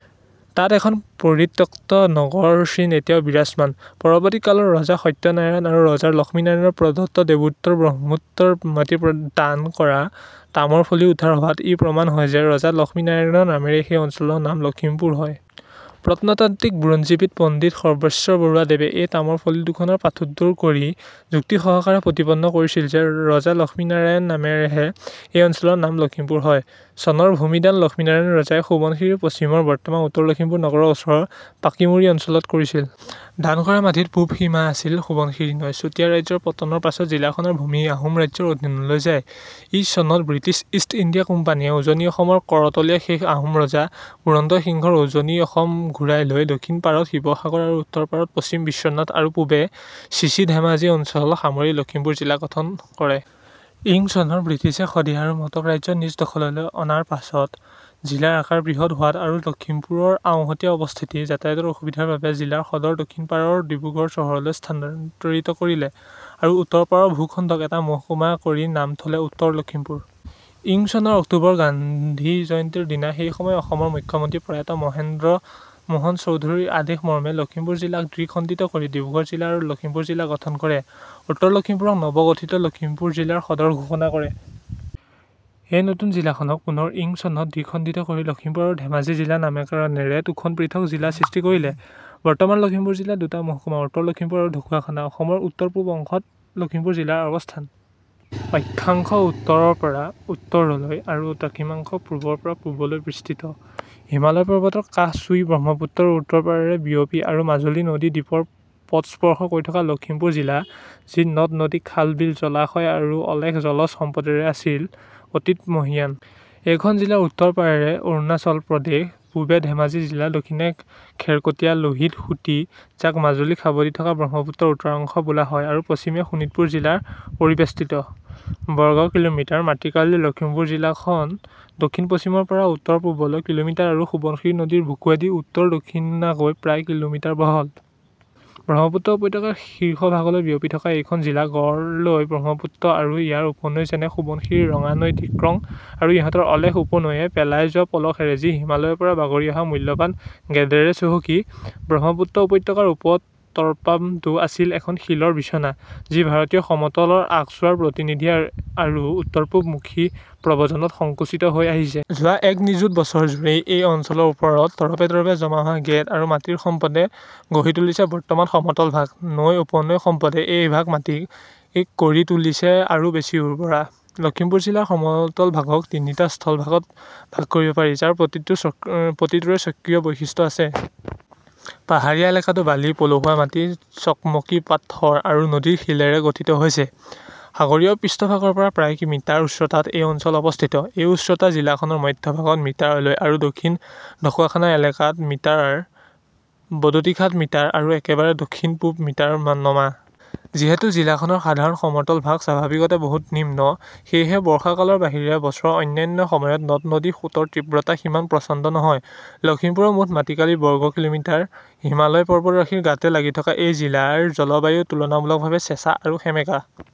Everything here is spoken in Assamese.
তাত এখন পৰিত্যক্ত নগৰৰ চিন এতিয়াও বিৰাজমান। পৰৱৰ্তী কালত ৰজা সত্য নাৰায়ণ আৰু ৰজা লক্ষ্মীনাৰায়ণ প্ৰদত্ত দেৱোত্তৰ, ব্ৰহ্মোত্তৰ মাটি দান কৰা তামৰ ফলি উদ্ধাৰ হোৱাত ই প্ৰমাণ হয় যে ৰজা লক্ষ্মীনাৰায়ণৰ নামেৰে এই অঞ্চলৰ নাম লক্ষীমপুৰ হয়। প্ৰত্নতাত্ত্বিক, বুৰঞ্জীবিদ পণ্ডিত সৰ্ব্বেশ্বৰ বৰুৱাদেৱে এই তামৰ ফলি দুখনৰ পাঠোদ্ধাৰ কৰি যুক্তি সহকাৰে প্ৰতিপন্ন কৰিছিল যে ৰজা লক্ষ্মীনাৰায়ণৰ নামেৰেহে এই অঞ্চলৰ নাম লক্ষীমপুৰ হয়। চনৰ ভূমি দান লক্ষ্মীনাৰায়ণ ৰজাই শোৱণশিৰিৰ পশ্চিমৰ বৰ্তমান উত্তৰ লখিমপুৰ নগৰৰ ওচৰৰ পাকিমুৰি অঞ্চলত কৰিছিল। দান কৰা মাটিত পূব সীমা আছিল সোৱণশিৰি নৈ। চুতীয়া ৰাজ্যৰ পতনৰ পাছত জিলাখনৰ ভূমি আহোম ৰাজ্যৰ অধীনলৈ যায়। ইং চনত ব্ৰিটিছ ইষ্ট ইণ্ডিয়া কোম্পানীয়ে উজনি অসম ৰ কৰতলীয়া শেষ আহোম ৰজা পুৰন্দৰ সিংহ ৰ উজনি অসম ঘূৰাই লৈ দক্ষিণ পাৰত শিৱসাগৰ আৰু উত্তৰ পাৰত পশ্চিম বিশ্বনাথ আৰু পূবে চিচি ধেমাজি অঞ্চল সামৰি লক্ষীমপুৰ জিলা গঠন কৰে। ইং চনত ব্ৰিটিছে শদিয়া আৰু মটক ৰাজ্য নিজ দখললৈ অনাৰ পিছত জিলাৰ আকাৰ বৃহৎ হোৱাত আৰু লক্ষীমপুৰৰ আওহতীয়া অৱস্থিতি, যাতায়াতৰ অসুবিধাৰ বাবে জিলাৰ সদৰ দক্ষিণপাৰৰ ডিব্ৰুগড় চহৰলৈ স্থানান্তৰিত কৰিলে আৰু উত্তৰ পাৰৰ ভূখণ্ডক এটা মহকুমা কৰি নাম থলে উত্তৰ লক্ষীমপুৰ। ইং চনৰ অক্টোবৰ গান্ধী জয়ন্তীৰ দিনা সেই সময়ৰ অসম ৰ মুখ্যমন্ত্ৰী প্ৰয়াত মহেন্দ্ৰ মোহন চৌধুৰী ৰ আদেশ মৰ্মে লক্ষীমপুৰ জিলাক দ্বি-খণ্ডিত কৰি ডিব্ৰুগড় জিলা আৰু লক্ষীমপুৰ জিলা গঠন কৰে। উত্তৰ লক্ষীমপুৰক নব গঠিত লক্ষীমপুৰ জিলাৰ সদৰ ঘোষণা কৰে। এই নতুন জিলাখনক পুনৰ ইং চনত দ্বি-খণ্ডিত কৰি লক্ষীমপুৰ আৰু ধেমাজি জিলা নামকৰণেৰে দুখন পৃথক জিলাৰ সৃষ্টি কৰিলে। বৰ্তমানৰ লক্ষীমপুৰ জিলাত দুটা মহকুমা- উত্তৰ লক্ষীমপুৰ আৰু ঢকুৱাখনা। অসমৰ উত্তৰ-পূব অংশত লখিমপুৰ জিলাৰ অৱস্থান। অক্ষাংশ ' উত্তৰৰপৰা ' উত্তৰলৈ; আৰু দ্ৰাঘিমাংশ ' পূবৰপৰা ' পূবলৈ বিস্তৃত। হিমালয় পৰ্বতৰ কাষ চুই ব্ৰহ্মপুত্ৰৰ উত্তৰ পাৰৰে বিয়পি আৰু মাজুলী নদী দ্বীপৰ পদ স্পৰ্শ কৰি থকা লখিমপুৰ জিলা, যি নদ-নদী, খাল-বিল, জলাশয় আৰু অলেখ জলজ সম্পদেৰে আছিল অতীত মহীয়ান। এইখন জিলাৰ উত্ত পাৰেৰে অৰুনাচল প্ৰদেশ, পূবে ধেমাজি জিলা, দক্ষিণে খেৰকটীয়া-লোহিত সুঁতি, যাক মাজুলীক সাৱটি থকা ব্ৰহ্মপুত্ৰৰ উত্তৰাংশ বোলা হয় আৰু পশ্চিমে শোণিতপুৰ জিলাৰে পৰিৱেষ্টিত। বৰ্গ কিলোমিটাৰ মাটিকালিৰ লখিমপুৰ জিলাখন দক্ষিণ পশ্চিমৰ পৰা উত্তৰ-পূবলৈ কিলোমিটাৰ আৰু সোৱণশিৰি নদী ৰ বুকুৱেদি উত্তৰা-দক্ষিণাকৈ প্ৰায় কি: মি: বহল। ব্ৰহ্মপুত্ৰ উপত্যকাৰ শীৰ্ষভাগলৈ বিয়পি থকা এইখন জিলা গঢ় লয় ব্ৰহ্মপুত্ৰ আৰু ইয়াৰ উপনৈ যেনে সোৱণশিৰি, ৰঙানৈ, ডিক্ৰং আৰু ইহঁতৰ অলেখ উপনৈয়ৈ পেলাই যোৱা পলসেৰে, যি হিমালয়ৰ পৰা বাগৰি অহা মূল্যবান গেদেৰে চহকী। ব্ৰহ্মপুত্ৰ উপত্যকাৰ উপ-তৰপামটো আছিল এখন শিলৰ বিছনা, যি ভাৰতীয় সমতলৰ আগছোৱাৰ প্ৰতিনিধি আৰু উত্তৰ-পূব মুখী প্ৰব্ৰজনত সংকুচিত হৈ আহিছে। যোৱা এক নিযুত বছৰ-জুৰি এই অঞ্চলৰ ওপৰত তৰপে তৰপে জমা হোৱা গেদ আৰু মাটিৰ সম্পদে গঢ়ি তুলিছে বৰ্তমানৰ সমতলভাগ। নৈ, উপনৈৰ সম্পদে এইভাগ মাটিক কৰি তুলিছে আৰু বেছি উৰ্বৰা। লখিমপুৰ জিলাৰ সমতলভাগক তিনিটা স্থলভাগত ভাগ কৰিব পাৰি, যাৰ প্ৰতিটোৰে স্বকীয় বৈশিষ্ট্য আছে। পাহাৰীয়া এলেকাটো বালি, পলসুৱা মাটি, চকমকী পাথৰ আৰু নদীৰ শিলেৰে গঠিত হৈছে। সাগৰীয় পৃষ্ঠভাগৰ পৰা প্ৰায় মিটাৰ উচ্চতাত এই অঞ্চল অৱস্থিত। এই উচ্চতা জিলাখনৰ মধ্যভাগত - মিটাৰলৈ আৰু দক্ষিণৰ ঢকুৱাখনা এলেকাত মিটাৰ, বদতিঘাটত মিটাৰ আৰু একেবাৰে দক্ষিণ-পূবত মিটাৰ নমা। যিহেতু জিলাখনৰ সাধাৰণ সমতলভাগ স্বাভাৱিকতে বহুত নিম্ন, সেয়েহে বৰ্ষাকালৰ বাহিৰে বছৰৰ অন্যান্য সময়ত নদ-নদীৰ সোঁতৰ তীব্ৰতা সিমান প্ৰচণ্ড নহয়। লখিমপুৰৰ মুঠ মাটিকালি বৰ্গ কিলোমিটাৰ হিমালয় পৰ্বতৰাশিৰ গাতে লাগি থকা এই জিলাৰ জলবায়ু তুলনামুলক ভাৱে চেঁচা আৰু সেমেকা।